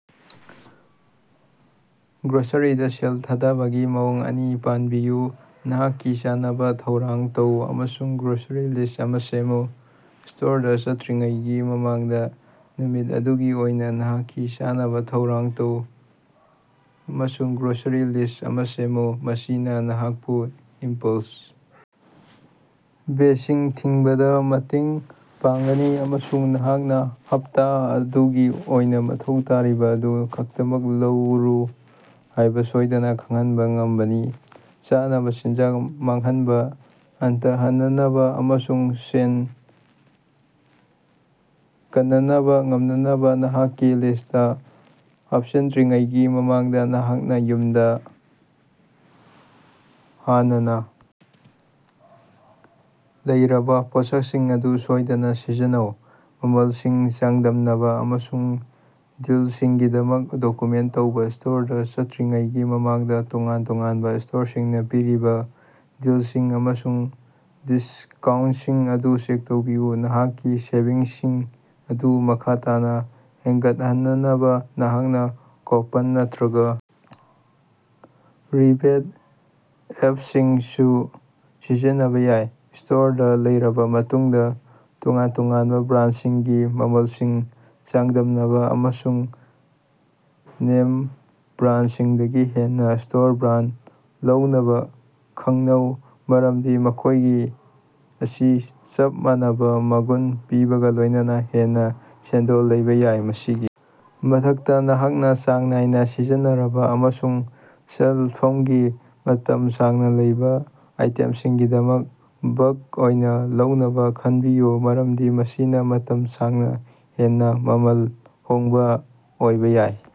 ꯒ꯭ꯔꯣꯁꯔꯤꯗ ꯁꯦꯜ ꯊꯥꯗꯕꯒꯤ ꯃꯑꯣꯡ ꯑꯅꯤ ꯄꯟꯕꯤꯌꯨ꯫ ꯅꯍꯥꯛꯀꯤ ꯆꯥꯅꯕ ꯊꯧꯔꯥꯡ ꯇꯧ ꯑꯃꯁꯨꯡ ꯒ꯭ꯔꯣꯁꯔꯤ ꯂꯤꯁ ꯑꯃ ꯁꯦꯝꯃꯨ ꯁꯇꯣꯔꯗ ꯆꯠꯇꯔꯤꯉꯩꯒꯤ ꯃꯃꯥꯡꯗ ꯅꯨꯃꯤꯠ ꯑꯗꯨꯒꯤ ꯑꯣꯏꯅ ꯅꯍꯥꯛꯀꯤ ꯆꯥꯅꯕ ꯊꯧꯔꯥꯡ ꯇꯧ ꯑꯃꯁꯨꯡ ꯒ꯭ꯔꯣꯁꯔꯤ ꯂꯤꯁ ꯑꯃ ꯁꯦꯝꯃꯨ꯫ ꯃꯁꯤꯅ ꯅꯍꯥꯛꯄꯨ ꯏꯝꯄꯜꯁ ꯕꯥꯏꯁꯤꯡ ꯊꯤꯡꯕꯗ ꯃꯇꯦꯡ ꯄꯥꯡꯒꯅꯤ ꯑꯃꯁꯨꯡ ꯅꯍꯥꯛꯅ ꯍꯞꯇꯥ ꯑꯗꯨꯒꯤ ꯑꯣꯏꯅ ꯃꯊꯧ ꯇꯥꯔꯤꯕ ꯑꯗꯨ ꯈꯛꯇꯃꯛ ꯂꯧꯔꯤ ꯍꯥꯏꯕ ꯁꯣꯏꯗꯅ ꯈꯪꯍꯟꯕ ꯉꯝꯒꯅꯤ꯫ ꯆꯥꯅꯕ ꯆꯤꯟꯖꯥꯛ ꯃꯥꯡꯍꯟꯕ ꯍꯟꯊꯍꯟꯅꯕ ꯑꯃꯁꯨꯡ ꯁꯦꯟ ꯀꯅꯕ ꯉꯝꯅꯕ ꯅꯍꯥꯛꯀꯤ ꯂꯤꯁꯇꯥ ꯍꯥꯞꯆꯤꯟꯗ꯭ꯔꯤꯉꯩ ꯃꯃꯥꯡꯗ ꯅꯍꯥꯛꯅ ꯌꯨꯝꯗ ꯍꯥꯟꯅꯅ ꯂꯩꯔꯕ ꯄꯣꯠꯁꯛꯁꯤꯡ ꯑꯗꯨ ꯁꯣꯏꯗꯅ ꯁꯤꯖꯤꯟꯅꯧ꯫ ꯃꯃꯜꯁꯤꯡ ꯆꯥꯡꯗꯝꯅꯕ ꯑꯃꯁꯨꯡ ꯗꯤꯜꯁꯤꯡꯒꯤꯗꯃꯛ ꯗꯣꯀꯌꯨꯃꯦꯟ ꯇꯧꯕ ꯁꯇꯣꯔꯗ ꯆꯠꯇꯔꯤꯉꯩꯒꯤ ꯃꯃꯥꯡꯗ ꯇꯣꯉꯥꯟ ꯇꯣꯉꯥꯟꯕ ꯁꯇꯣꯔꯁꯤꯡꯅ ꯄꯤꯔꯤꯕ ꯗꯤꯜꯁꯤꯡ ꯑꯃꯁꯨꯡ ꯗꯤꯁꯀꯥꯎꯟꯁꯤꯡ ꯑꯗꯨ ꯆꯦꯛ ꯇꯧꯕꯤꯌꯨ꯫ ꯅꯍꯥꯛꯀꯤ ꯁꯦꯚꯤꯡꯁꯤꯡ ꯑꯗꯨ ꯃꯈꯥ ꯇꯥꯅ ꯍꯦꯟꯒꯠꯍꯟꯅꯕ ꯅꯍꯥꯛꯅ ꯀꯨꯄꯟ ꯅꯠꯇ꯭ꯔꯒ ꯔꯤꯕꯦꯠ ꯑꯦꯞꯁꯤꯡꯁꯨ ꯁꯤꯖꯤꯟꯅꯕ ꯌꯥꯏ꯫ ꯁꯇꯣꯔꯗ ꯂꯩꯔꯕ ꯃꯇꯨꯡꯗ ꯇꯣꯉꯥꯟ ꯇꯣꯉꯥꯟꯕ ꯕꯔꯥꯟꯁꯤꯡꯒꯤ ꯃꯃꯜꯁꯤꯡ ꯆꯥꯡꯗꯝꯅꯕ ꯑꯃꯁꯨꯡ ꯅꯦꯝ ꯕꯔꯥꯟꯁꯤꯡꯗꯒꯤ ꯍꯦꯟꯅ ꯁꯇꯣꯔ ꯕꯔꯥꯟꯁꯤꯡ ꯂꯧꯅꯕ ꯈꯟꯅꯧ ꯃꯔꯝꯗꯤ ꯃꯈꯣꯏ ꯑꯁꯤ ꯆꯞ ꯃꯥꯟꯅꯕ ꯃꯒꯨꯟ ꯄꯤꯕꯒ ꯂꯣꯏꯅꯅ ꯍꯦꯟꯅ ꯁꯦꯟꯗꯣꯡ ꯂꯩꯕ ꯌꯥꯏ꯫ ꯃꯁꯤꯒꯤ ꯃꯊꯛꯇ ꯅꯍꯥꯛꯅ ꯆꯥꯡ ꯅꯥꯏꯅ ꯁꯤꯖꯤꯟꯅꯔꯤꯕ ꯑꯃꯁꯨꯡ ꯁꯦꯜꯐꯝꯒꯤ ꯃꯇꯝ ꯁꯥꯡꯅ ꯂꯩꯕ ꯑꯥꯏꯇꯦꯝꯁꯤꯡꯒꯤꯗꯃꯛ ꯕꯜꯀ ꯑꯣꯏꯅ ꯂꯧꯅꯕ ꯈꯟꯅꯕꯤꯌꯨ ꯃꯔꯝꯗꯤ ꯃꯁꯤꯅ ꯃꯇꯝ ꯁꯥꯡꯅ ꯍꯦꯟꯅ ꯃꯃꯜ ꯍꯣꯡꯕ ꯑꯣꯏꯕ ꯌꯥꯏ꯫